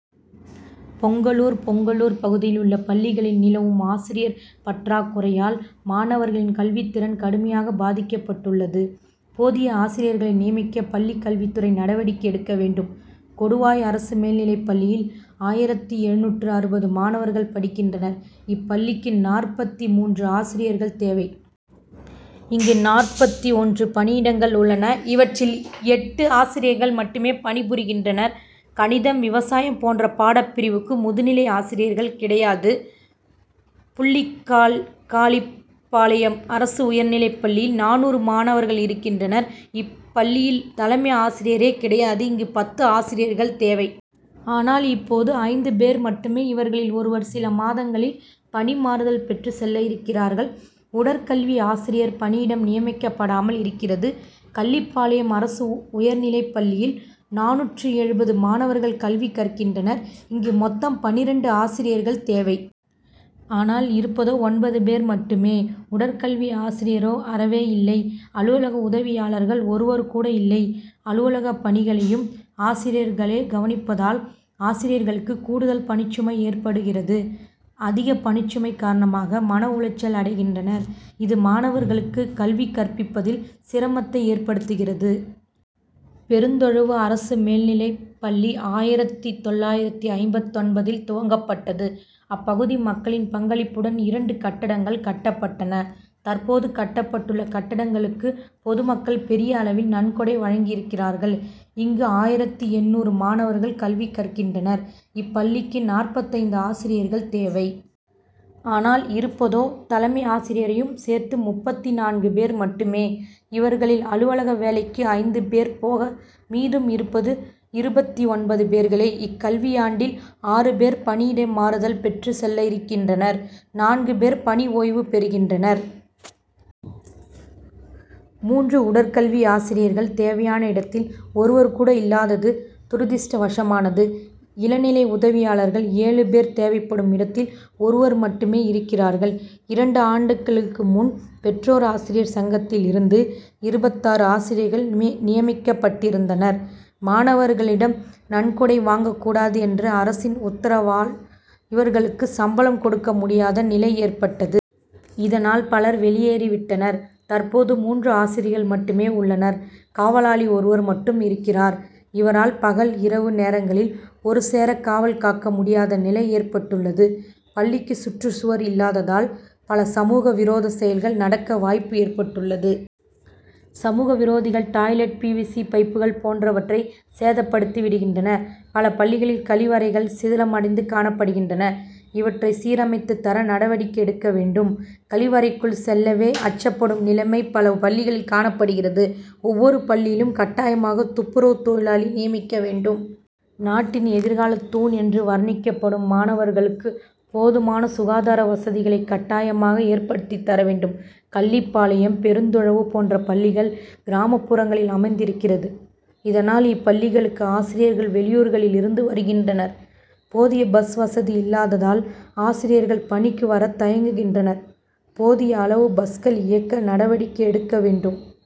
பொங்கலூர் பொங்கலூர் பகுதியில் உள்ள பள்ளிகளில் நிலவும் ஆசிரியர் பற்றாக்குறையால், மாணவர் களின் கல்வி திறன் கடுமையாக பாதிக்கப்பட்டுள்ளது. போதிய ஆசிரியர்களை நியமிக்க, பள்ளி கல்வித்துறை நடவடிக்கை எடுக்க வேண்டும். கொடுவாய் அரசு மேல்நிலைப் பள்ளியில் ஆயிரத்து எழுநூற்று அறுபது மாணவர்கள் படிக்கின்றனர். இப்பள்ளிக்கு நாற்பத்து மூன்று ஆசிரியர்கள் தேவை. இங்கு நாற்பத்து ஒன்று பணியிடங்கள் உள்ளன. இவற்றில் முப்பத்து எட்டு ஆசிரியர்கள் மட்டுமே பணி புரிகின்றனர். கணிதம், விவசாயம் போன்ற பாடப்பிரிவுக்கு முதுநிலை ஆசிரியர்கள் கிடையாது. பொல்லிக்காளிபாளையம் அரசு உயர்நிலைப்பள்ளியில் நானூறு மாணவர்கள் இருக்கின்றனர். இப் பள்ளியில் தலைமை ஆசிரியரே கிடையாது. இங்கு பத்து ஆசிரியர்கள் தேவை. ஆனால் இருப்பதோ ஐந்து பேர் மட்டுமே. இவர்களில் ஒருவர், சில மாதங்களில் பணி மாறுதல் பெற்று செல்ல இருக்கிறார். உடற்கல்வி ஆசிரியர் பணியிடம் நியமிக்கப்படாமல் இருக்கிறது. கள்ளிப்பாளையம் அரசு உயர் நிலைப்பள்ளியில் நானூற்று எழுபது மாணவர்கள் கல்வி கற்கின்றனர். இங்கு மொத்தம் பன்னிரண்டு ஆசிரியர்கள் தேவை. ஆனால் இருப்பதோ ஒன்பது பேர் மட்டுமே. உடற்கல்வி ஆசிரியர் அறவே இல்லை. அலுவலக உதவி யாளர்கள் ஒருவர் கூட இல்லை. அலுவலக பணிகளையும் ஆசிரியர் களே கவனிப்பதால், ஆசிரியர் களுக்கு கூடுதல் பணிச்சுமை ஏற்படுகிறது. அதிக பணிச்சுமை காரணமாக மன உளைச்சல் அடை கின்றனர். இது, மாணவர்களுக்கு கல்வி கற்பிப்பதில் சிரமத்தை ஏற்படுத்துகிறது. பெருந்தொழுவு அரசு மேல் நிலைப்பள்ளி ஆயிரத்து தொள்ளாயிரத்து ஐம்பத்தொன்பதில் துவக்கப் பட்டது. அப்பகுதி மக்களின் பங்களிப்புடன் இரண்டு கட்டடங் கள் கட்டப்பட்டன. தற்போது கட்டப்பட்டுள்ள கட்டடங்களுக் கும் பொதுமக்கள் பெரிய அளவில் நன்கொடை வழங்கியிருக்கிறார்கள். இங்கு ஆயிரத்து எண்ணூறு மாணவர்கள் கல்வி கற்கின்றனர். இப்பள்ளிக்கு நாற்பத்தைந்து ஆசிரியர்கள் தேவை. ஆனால் இருப்பதோ தலைமை ஆசிரியரை யும் சேர்த்து முப்பத்து நான்கு பேர் மட்டுமே. இவர்களில் அலுவலக வேலைக்கு ஐந்து பேர் போக, மீதம் இருப்பது இருபத்து ஒன்பது பேர்களே. இக்கல்வியாண்டில் ஆறு பேர் பணியிட மாறுதல் பெற்று செல்ல இருக்கின்றனர். நான்கு பேர் பணி ஓய்வு பெறுகின்றனர். மூன்று உடற்கல்வி ஆசிரியர்கள் தேவையான இடத்தில் ஒருவர் கூட இல்லாதது துரதிஷ்டவசமானது. இளநிலை உதவியாளர்கள் ஏழு பேர் தேவைப்படும் இடத்தில் ஒருவர் மட்டுமே இருக்கிறார். இரண்டு ஆண்டுகளுக்கு முன் பெற்றோர் ஆசிரியர் சங்கத்தில் இருந்து இருபத்தாறு ஆசிரியர்கள் நிய மிக்கப்பட்டிருந்தனர். மாணவர்களிடம் நன்கொடை வாங்கக் கூடாது என்ற அரசின் உத்தரவால், இவர்களுக்கு சம்பளம் கொடுக்க முடியாத நிலை ஏற்பட்டது. இத னால் பலர் வெளியேறி விட்டனர். தற்போது மூன்று ஆசிரியர்கள் மட்டுமே உள்ளனர். காவலாளி ஒருவர் மட்டுமே இருக்கிறார். இவரால் பகல், இரவு நேரங்களில் ஒரு சேர காவல் காக்க முடியாத நிலை ஏற்பட்டுள்ளது. பள்ளிக்கு சுற்றுச்சுவர் இல்லாத தால், பல சமூக விரோத செயல்கள் நடக்க வாய்ப்பு ஏற்பட்டுள்ளது. சமூக விரோதிகள், டாய்லெட்', பி. வி. சி., பைப்புகள் போன்ற வற்றை சேதப்படுத்தி விடுகின்றனர். பல பள்ளிகளில் கழிவறைகள் சிதிலமடைந்து காணப்படுகின்றன. இவற்றை சீரமைத்து தர நட வடிக்கை எடுக்க வேண்டும். கழி வறைக்குள் செல்லவே அச்சப் படும் நிலையே பல பள்ளிகளில் காணப்படுகிறது. ஒவ்வொரு பள்ளி யிலும் கட்டாயமாக துப்புரவு தொழிலாளியை நியமிக்க வேண்டும். நாட்டின் எதிர்காலத் தூண் என்று வர்ணிக்கப்படும் மாணவர்களுக்கு போதுமான சுகாதார வசதிகளை கட்டாயமாக ஏற்படுத்தி தர வேண்டும். கள்ளிப்பாளையம், பெருந் தொழுவு போன்ற பள்ளிகள் கிராமப்புறங்களில் அமைந்தி ருக்கிறது. இதனால், இப்பள்ளி களுக்கு ஆசிரியர்கள் வெளியூர் களில் இருந்து வருகின்றனர். போதிய பஸ் வசதி இல்லாததால், ஆசிரியர்கள் பணிக்கு வர தயங்குகின்றனர். போதிய அளவு பஸ்கள் இயக்க நடவடிக்கை எடுக்க வேண்டும்.